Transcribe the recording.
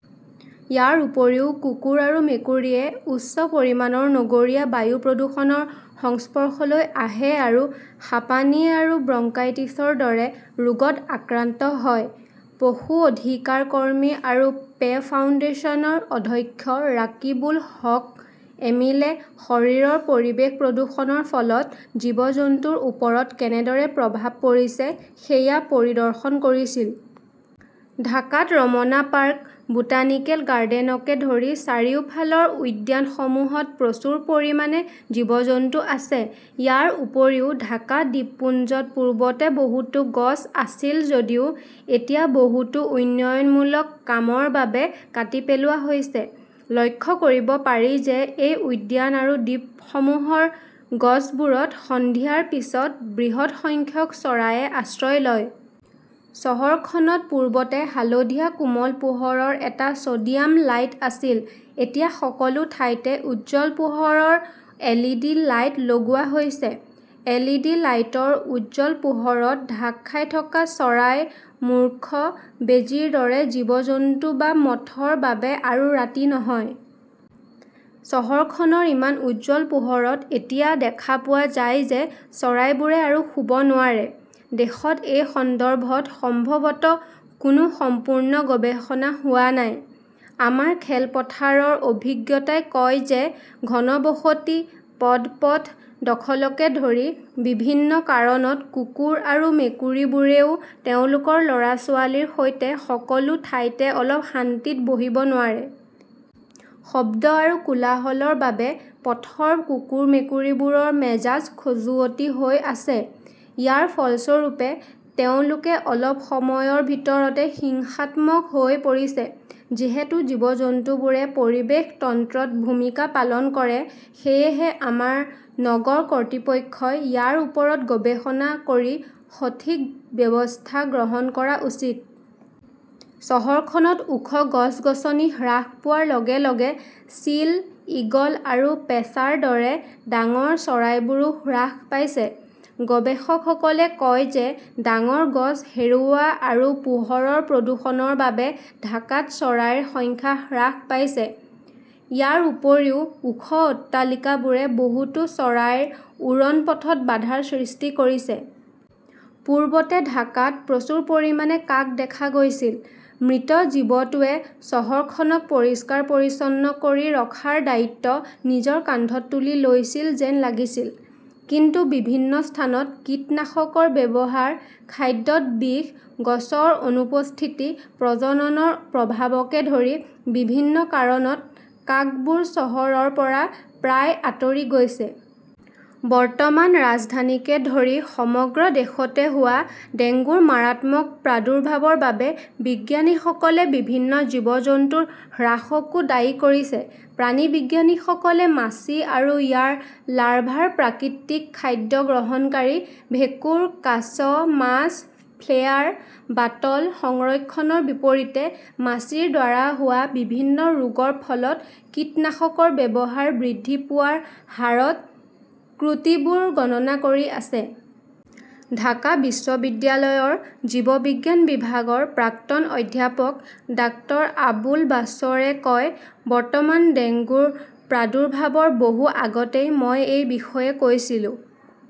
ইয়াৰ উপৰিও কুকুৰ আৰু মেকুৰীয়ে উচ্চ পৰিমাণৰ নগৰীয়া বায়ু প্ৰদূষণৰ সংস্পৰ্শলৈ আহে আৰু হাঁপানি আৰু ব্ৰংকাইটিছৰ দৰে ৰোগত আক্ৰান্ত হয়। পশু অধিকাৰ কৰ্মী আৰু পে ফাউণ্ডেশ্যনৰ অধ্যক্ষ ৰাকিবুল হক এমিলে শৰীৰৰ পৰিৱেশ প্ৰদূষণৰ ফলত জীৱ-জন্তুৰ ওপৰত কেনেদৰে প্ৰভাৱ পৰিছে সেয়া পৰিদৰ্শন কৰিছিল। "ঢাকাত ৰমনা পাৰ্ক, বোটানিকেল গাৰ্ডেনকে ধৰি চাৰিওফালৰ উদ্যানসমূহত প্ৰচুৰ পৰিমাণে জীৱ-জন্তু আছে। ইয়াৰ উপৰিও ঢাকা দ্বীপপুঞ্জত পূৰ্বতে বহুতো গছ আছিল, যদিও এতিয়া বহুতো উন্নয়নমূলক কামৰ বাবে কাটি পেলোৱা হৈছে। লক্ষ্য কৰিব পাৰি যে এই উদ্যান আৰু দ্বীপসমূহৰ গছবোৰত সন্ধিয়াৰ পিছত বৃহৎ সংখ্যক চৰাইয়ে আশ্ৰয় লয়। চহৰখনত পূৰ্বতে হালধীয়া কোমল পোহৰৰ এটা চ 'ডিয়াম লাইট আছিল। এতিয়া সকলো ঠাইতে উজ্জ্বল পোহৰৰ এলইডি লাইট লগোৱা হৈছে। এল. ই. ডি. লাইটৰ উজ্জ্বল পোহৰত ঢাক খাই থকা চৰাই, মূৰ্খ, বেজীৰ দৰে জীৱ-জন্তু বা মথৰ বাবে আৰু ৰাতি নহয়। চহৰখনৰ ইমান উজ্জ্বল পোহৰত এতিয়া দেখা পোৱা যায় যে চৰাইবোৰে আৰু শুব নোৱাৰে। দেশত এই সন্দৰ্ভত সম্ভৱতঃ কোনো সম্পূৰ্ণ গৱেষণা হোৱা নাই। আমাৰ খেলপথাৰৰ অভিজ্ঞতাই কয় যে ঘনবসতি, পদপথ দখলকে ধৰি বিভিন্ন কাৰণত কুকুৰ আৰু মেকুৰীবোৰেও তেওঁলোকৰ ল "ৰা-ছোৱালীৰ সৈতে সকলো ঠাইতে অলপ শান্তিত বহিব নোৱাৰে। শব্দ আৰু কোলাহলৰ বাবে পথৰ কুকুৰ-মেকুৰীবোৰৰ মেজাজ খজুৱতি হৈ আছে। ইয়াৰ ফলস্বৰূপে, তেওঁলোকে অলপ সময়ৰ ভিতৰতে হিংসাত্মক হৈ পৰিছে। যিহেতু জীৱ-জন্তুবোৰে পৰিৱেশ তন্ত্ৰত ভূমিকা পালন কৰে, সেয়েহে আমাৰ নগৰ কৰ্তৃপক্ষই ইয়াৰ ওপৰত গৱেষণা কৰি সঠিক ব্যৱস্থা গ্ৰহণ কৰা উচিত। চহৰখনত ওখ গছ-গছনি হ্ৰাস পোৱাৰ লগে লগে চিল, ঈগল আৰু পেঁচাৰ দৰে ডাঙৰ চৰাইবোৰো হ্ৰাস পাইছে। গৱেষকসকলে কয় যে ডাঙৰ গছ হেৰুওৱা আৰু পোহৰৰ প্ৰদূষণৰ বাবে ঢাকাত চৰাইৰ সংখ্যা হ্ৰাস পাইছে। ইয়াৰ উপৰিও, ওখ অট্টালিকাবোৰে বহুতো চৰাইৰ উৰণপথত বাধাৰ সৃষ্টি কৰিছে। পূৰ্বতে ঢাকাত প্ৰচুৰ পৰিমাণে কাক দেখা গৈছিল। মৃত জীৱটোৱে চহৰখনক পৰিষ্কাৰ-পৰিচ্ছন্ন কৰি ৰখাৰ দায়িত্ব নিজৰ কান্ধত তুলি লৈছিল যেন লাগিছিল। কিন্তু বিভিন্ন স্থানত কীটনাশকৰ ব্যৱহাৰ, খাদ্যত বিষ, গছৰ অনুপস্থিতি, প্ৰজননৰ প্ৰভাৱকে ধৰি বিভিন্ন কাৰণত কাকবোৰ চহৰৰ পৰা প্ৰায় আঁতৰি গৈছে। বৰ্তমান ৰাজধানীকে ধৰি সমগ্ৰ দেশতে হোৱা ডেংগুৰ মাৰাত্মক প্ৰাদুৰ্ভাৱৰ বাবে বিজ্ঞানীসকলে বিভিন্ন জীৱ-জন্তুৰ হ্ৰাসকো দায়ী কৰিছে। প্ৰাণীবিজ্ঞানীসকলে মাছি আৰু ইয়াৰ লাৰ্ভাৰ প্ৰাকৃতিক খাদ্য গ্ৰহণকাৰী ভেঁকুৰ, কাছ, মাছ, ফ্লেয়াৰ, বাটল সংৰক্ষণৰ বিপৰীতে মাছিৰ দ্বাৰা হোৱা বিভিন্ন ৰোগৰ ফলত কীটনাশকৰ ব্যৱহাৰ বৃদ্ধি পোৱাৰ হাৰত ত্ৰুটিবোৰ গণনা কৰি আছে। ঢাকা বিশ্ববিদ্যালয়ৰ জীৱবিজ্ঞান বিভাগৰ প্ৰাক্তন অধ্যাপক ডাঃ আবুল বাশ্বৰে কয়, "বৰ্তমান ডেংগুৰ প্ৰাদুৰ্ভাৱৰ বহু আগতেই মই এই বিষয়ে কৈছিলো।